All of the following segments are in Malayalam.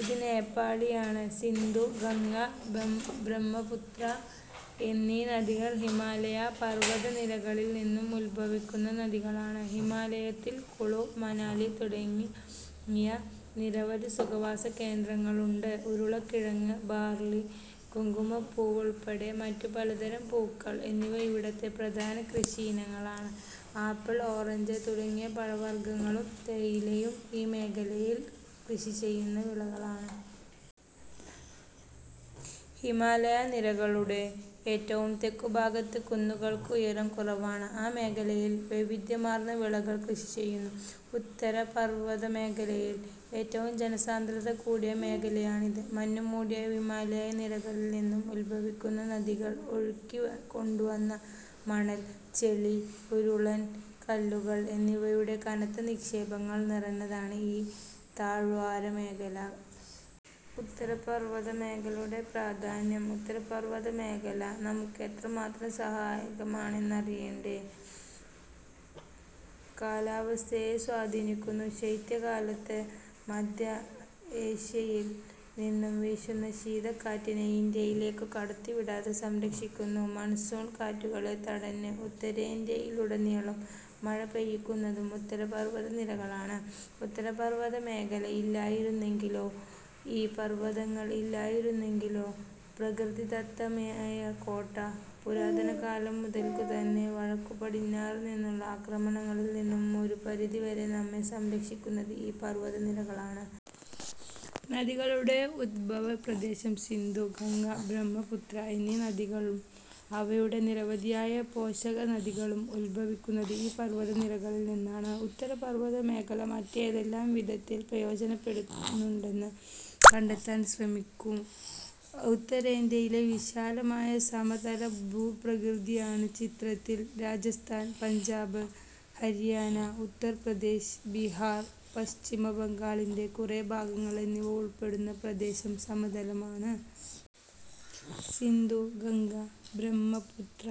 ഇത് നേപ്പാളിലാണ്. സിന്ധു, ഗംഗ, ബ്രഹ്മപുത്ര എന്നീ നദികൾ ഹിമാലയ പർവ്വതനിരകളിൽ നിന്നും ഉത്ഭവിക്കുന്ന നദികളാണ്. ഹിമാലയത്തിൽ കുളു, മനാലി തുടങ്ങിയ നിരവധി സുഖവാസ കേന്ദ്രങ്ങളുണ്ട്. ഉരുളക്കിഴങ്ങ്, ബാർളി, കുങ്കുമപ്പൂവുൾപ്പെടെ മറ്റു പലതരം പൂക്കൾ എന്നിവ ഇവിടത്തെ പ്രധാന കൃഷിയിനങ്ങളാണ്. ആപ്പിൾ, ഓറഞ്ച് തുടങ്ങിയ പഴവർഗ്ഗങ്ങളും തേയിലയും ഈ മേഖലയിൽ കൃഷിചെയ്യുന്ന വിളകളാണ്. ഹിമാലയ നിരകളുടെ ഏറ്റവും തെക്കുഭാഗത്ത് കുന്നുകൾക്ക് ഉയരം കുറവാണ്. ഈ മേഖലയിൽ വൈവിധ്യമാർന്ന വിളകൾ കൃഷിചെയ്യുന്നു. ഉത്തരപർവ്വത മേഖലയിൽ ഏറ്റവും ജനസാന്ദ്രത കൂടിയ മേഖലയാണിത്. മഞ്ഞുമൂടിയ ഹിമാലയ നിരകളിൽനിന്നും ഉത്ഭവിക്കുന്ന നദികൾ ഒഴുക്കിക്കൊണ്ടുവന്ന മണൽ, ചെളി, ഉരുളൻ കല്ലുകൾ എന്നിവയുടെ കനത്ത നിക്ഷേപങ്ങൾ നിറഞ്ഞതാണ് ഈ താഴ്വാരമേഖല. ഉത്തരപർവതമേഖലയുടെ പ്രാധാന്യം ഉത്തരപർവതമേഖല നമുക്ക് എത്രമാത്രം സഹായകമാണെന്നറിയേണ്ടേ? കാലാവസ്ഥയെ സ്വാധീനിക്കുന്നു. ശൈത്യകാലത്ത് മധ്യ ഏഷ്യയിൽ നിന്നും വീശുന്ന ശീതക്കാറ്റിനെ ഇന്ത്യയിലേക്കു കടത്തിവിടാതെ സംരക്ഷിക്കുന്നു. മൺസൂൺ കാറ്റുകളെ തടഞ്ഞ് ഉത്തരേന്ത്യയിലുടനീളം മഴപെയ്യിക്കുന്നതും ഉത്തരപർവതനിരകളാണ്. ഉത്തരപർവതമേഖല ഇല്ലായിരുന്നെങ്കിലോ? ഈ പർവതങ്ങൾ ഇല്ലായിരുന്നെങ്കിലോ? പ്രകൃതിദത്തമായ കോട്ട. പുരാതനകാലം മുതൽക്കുതന്നെ വടക്കുപടിഞ്ഞാറുനിന്നുള്ള ആക്രമണങ്ങളിൽ നിന്നും ഒരു പരിധിവരെ നമ്മെ സംരക്ഷിക്കുന്നത് ഈ പർവതനിരകളാണ്. നദികളുടെ ഉത്ഭവപ്രദേശം സിന്ധു, ഗംഗ, ബ്രഹ്മപുത്ര എന്നീ നദികളും അവയുടെ നിരവധിയായ പോഷകനദികളും ഉത്ഭവിക്കുന്നത് ഈ പർവതനിരകളിൽനിന്നാണ്. ഉത്തര പർവത മേഖല മറ്റേതെല്ലാം വിധത്തിൽ പ്രയോജനപ്പെടുന്നുണ്ടെന്ന് കണ്ടെത്താൻ ശ്രമിക്കു. ഉത്തരേന്ത്യയിലെ വിശാലമായ സമതലഭൂപ്രകൃതിയാണ് ചിത്രത്തിൽ. രാജസ്ഥാൻ, പഞ്ചാബ്, ഹരിയാന, ഉത്തർപ്രദേശ്, ബീഹാർ, പശ്ചിമബംഗാളിന്റെ കുറേ ഭാഗങ്ങൾ എന്നിവ ഉൾപ്പെടുന്ന പ്രദേശം സമതലമാണ്. സിന്ധു, ഗംഗ, ബ്രഹ്മപുത്ര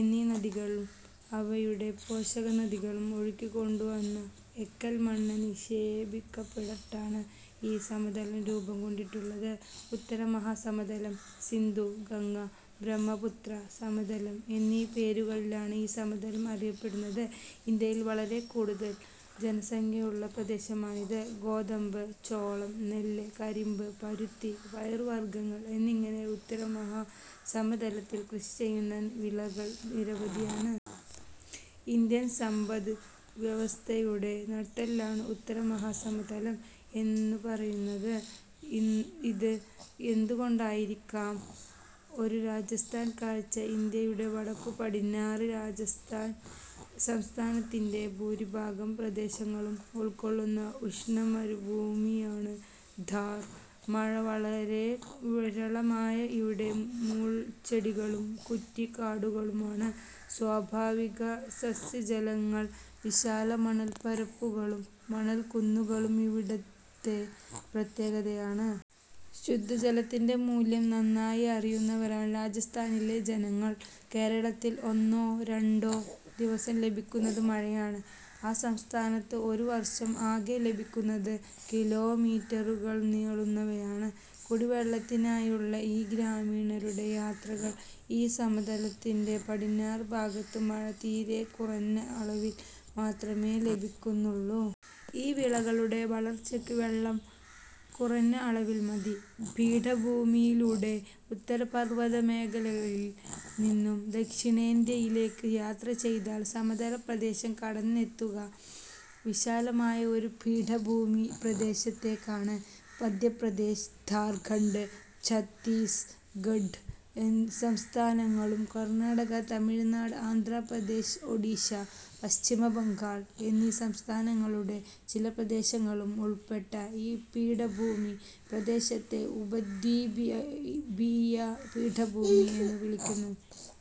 എന്നീ നദികളും അവയുടെ പോഷകനദികളും ഒഴുക്കിക്കൊണ്ടുവന്ന എക്കൽമണ്ണ് നിക്ഷേപിക്കപ്പെട്ടാണ് ഈ സമതലം രൂപം കൊണ്ടിട്ടുള്ളത്. ഉത്തര മഹാസമതലം, സിന്ധു-ഗംഗ-ബ്രഹ്മപുത്ര സമതലം എന്നീ പേരുകളിലാണ് ഈ സമതലം അറിയപ്പെടുന്നത്. ഇന്ത്യയിൽ വളരെക്കൂടുതൽ ജനസംഖ്യയുള്ള പ്രദേശമാണിത്. ഗോതമ്പ്, ചോളം, നെല്ല്, കരിമ്പ്, പരുത്തി, പയറുവർഗങ്ങൾ എന്നിങ്ങനെ ഉത്തരമഹാ സമതലത്തിൽ കൃഷിചെയ്യുന്ന വിളകൾ നിരവധിയാണ്. ഇന്ത്യൻ സമ്പദ് വ്യവസ്ഥയുടെ നട്ടെല്ലാണ് ഉത്തരമഹാസമതലം എന്നു പറയാറുണ്ട്. ഇത് എന്തുകൊണ്ടായിരിക്കാം? ഒരു രാജസ്ഥാൻ കാഴ്ച ഇന്ത്യയുടെ വടക്കുപടിഞ്ഞാറ് രാജസ്ഥാൻ സംസ്ഥാനത്തിന്റെ ഭൂരിഭാഗം പ്രദേശങ്ങളും ഉൾക്കൊള്ളുന്ന ഉഷ്ണമരുഭൂമിയാണ് ഥാർ. മഴ വളരെ വിരളമായ ഇവിടെ മുൾച്ചെടികളും കുറ്റി കാടുകളുമാണ് സ്വാഭാവിക സസ്യജാലങ്ങൾ. വിശാല മണൽപരപ്പുകളും മണൽക്കുന്നുകളും ഇവിടത്തെ പ്രത്യേകതയാണ്. ശുദ്ധജലത്തിന്റെ മൂല്യം നന്നായി അറിയുന്നവരാണ് രാജസ്ഥാനിലെ ജനങ്ങൾ. കേരളത്തിൽ ഒന്നോ രണ്ടോ ദിവസം ലഭിക്കുന്നത് മഴയാണ് ആ സംസ്ഥാനത്ത് ഒരു വർഷം ആകെ ലഭിക്കുന്നത്. കിലോ മീറ്ററുകൾ നീളുന്നവയാണ് കുടിവെള്ളത്തിനായുള്ള ഈ ഗ്രാമീണരുടെ യാത്രകൾ. ഈ സമതലത്തിന്റെ പടിഞ്ഞാറ് ഭാഗത്ത് മഴ തീരെക്കുറഞ്ഞ അളവിൽ മാത്രമേ ലഭിക്കുന്നുള്ളൂ. ഈ വിളകളുടെ വളർച്ചയ്ക്ക് വെള്ളം കുറഞ്ഞ അളവിൽ മതി. പീഠഭൂമിയിലൂടെ ഉത്തരപർവ്വതമേഖലയിൽ നിന്നും ദക്ഷിണേന്ത്യയിലേക്ക് യാത്ര ചെയ്താൽ സമതല പ്രദേശം കടന്നെത്തുക വിശാലമായ ഒരു പീഠഭൂമിപ്രദേശത്തേക്കാണ്. മധ്യപ്രദേശ്, ഝാർഖണ്ഡ്, ഛത്തീസ് ഗഢ് സംസ്ഥാനങ്ങളും കർണാടക, തമിഴ്നാട്, ആന്ധ്രാപ്രദേശ്, ഒഡിഷ, പശ്ചിമബംഗാൾ എന്നീ സംസ്ഥാനങ്ങളുടെ ചില പ്രദേശങ്ങളും ഉൾപ്പെട്ട ഈ പീഠഭൂമി പ്രദേശത്തെ ഉപദ്വീപീയ പീഠഭൂമി എന്നു വിളിക്കുന്നു.